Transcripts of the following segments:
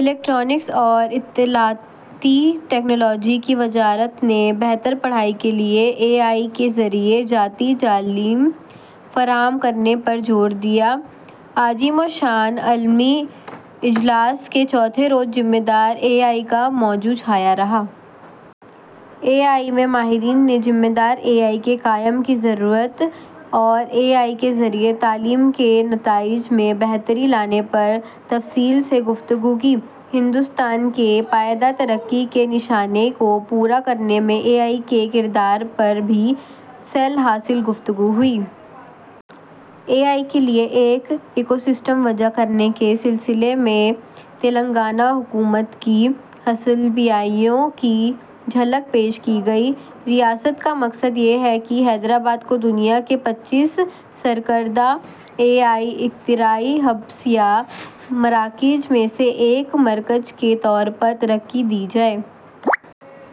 Electronics اور اطلاعات technology کی وزارت بہتر پڑھائی کے لیے اے آئی کے توسط سے ذاتی تعلیم کی فراہمی، عظیم الشان عالمی اجلاس کے چوتھے روز ایک ذمہ دار اے آئی کا موضوع چھایا رہا۔ اے آئی کے ماہرین نے ذمہ دار اے آئی کے قیام کی ضرورت اور اے آئی سے تعلیم کے نتائج میں بہتری لانے پر تفصیلی گفتگو کی۔ ہندوستان کی پائیدار ترقی کے نشانے کو پورا کرنے میں اے آئی کے رول پر بھی سیر حاصل گفتگو ہوئی۔ اے آئی کے لیے ایک ایکو سسٹم وضع کرنے کے سلسلے میں تلنگانہ حکومت کی حصولیابیوں کی جھلک ریاست میں پیش کی گئی۔ ریاست کا مقصد یہ ہے کہ حیدرآباد کو دنیا کے پچیس سرکردہ اے آئی اختراعی ہبس یا مراکز میں سے ایک مرکز کے طور پر ترقی دی جائے۔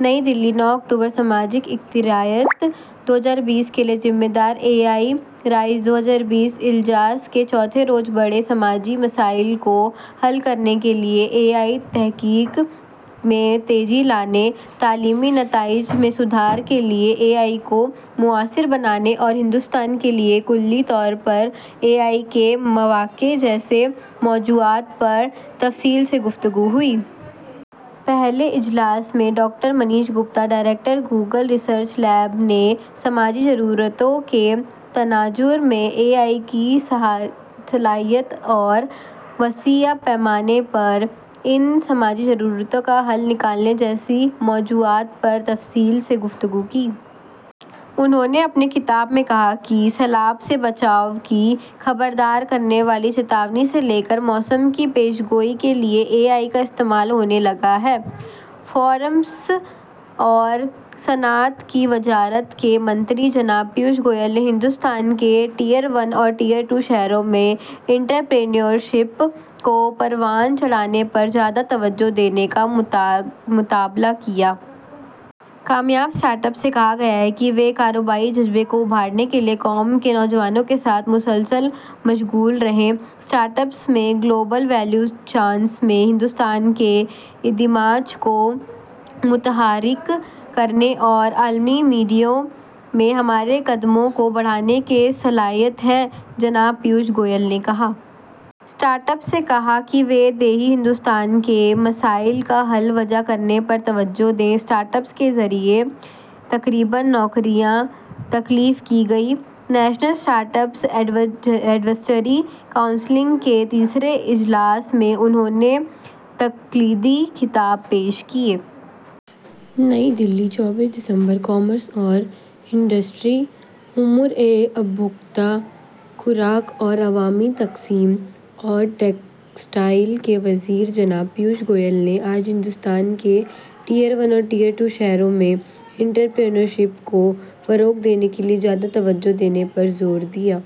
نئی دہلی، نو اکتوبر: سماجی اختیارات دو ہزار بیس کے لیے ذمہ دار اے آئی رائز دو ہزار بیس اجلاس کے چوتھے روز بڑے سماجی مسائل کو حل کرنے کے لیے اے آئی تحقیق میں تیزی لانے، تعلیمی نتائج میں سدھار کے لیے اے آئی کو مؤثر بنانے اور ہندوستان کے لیے کلی طور پر اے آئی کے مواقع جیسے موضوعات پر تفصیلی گفتگو ہوئی۔ پہلے اجلاس میں doctor Manish Gupta, director Google research lab نے سماجی ضروریات کے تناظر میں اے آئی کی صلاحیت اور وسیع پیمانے پر ان سماجی ضروریات کا حل نکالنے جیسے موضوعات پر تفصیل سے گفتگو کی۔ انھوں نے اپنے خطاب میں کہا کہ سیلاب سے بچاؤ کے انتباہ سے لے کر موسمیاتی پیش گوئی کے لیے اے آئی کا استعمال ہونے لگا ہے۔ کامرس اور صنعت کی وزارت جناب پیوش گوئل نے ہندوستان کے ٹائر ون اور ٹائر ٹو شہروں میں انٹرپرینیورشپ کو پروان چڑھانے پر زیادہ توجہ دینے کا مطالبہ کیا۔ کامیاب اسٹارٹ اپس سے کہا ہے کہ وہ کاروباری جذبے کو ابھارنے کے لیے قوم کے نوجوانوں کے ساتھ مسلسل مشغول رہیں۔ اسٹارٹ اپس میں گلوبل ویلیو چینز میں ہندوستان کے انضمام کو متحرک کرنے اور عالمی منڈیوں میں ہمارے قدموں کو بڑھانے کی صلاحیت ہے، جناب پیوش گوئل نے کہا۔ اسٹارٹ اپس سے کہا کہ وہ دیہی ہندوستان کے مسائل کا حل وضع کرنے پر توجہ دیں۔ سے تقریباً نوکریاں اسٹارٹ اپس کے ذریعہ تخلیق کی گئیں۔ National startup advisory council کے تیسرے اجلاس میں کلیدی خطاب پیش کیا۔ نئی دہلی، چوبیس دسمبر: کامرس اور صنعت، امور صارفین، خوراک اور عوامی تقسیم اور ٹیکسٹائل کے وزیر جناب پیوش گوئل نے آج ہندوستان کے ٹائر ون اور ٹائر ٹو شہروں میں انٹرپرینیورشپ کو فروغ دینے کے لیے زیادہ توجہ دینے پر زور دیا۔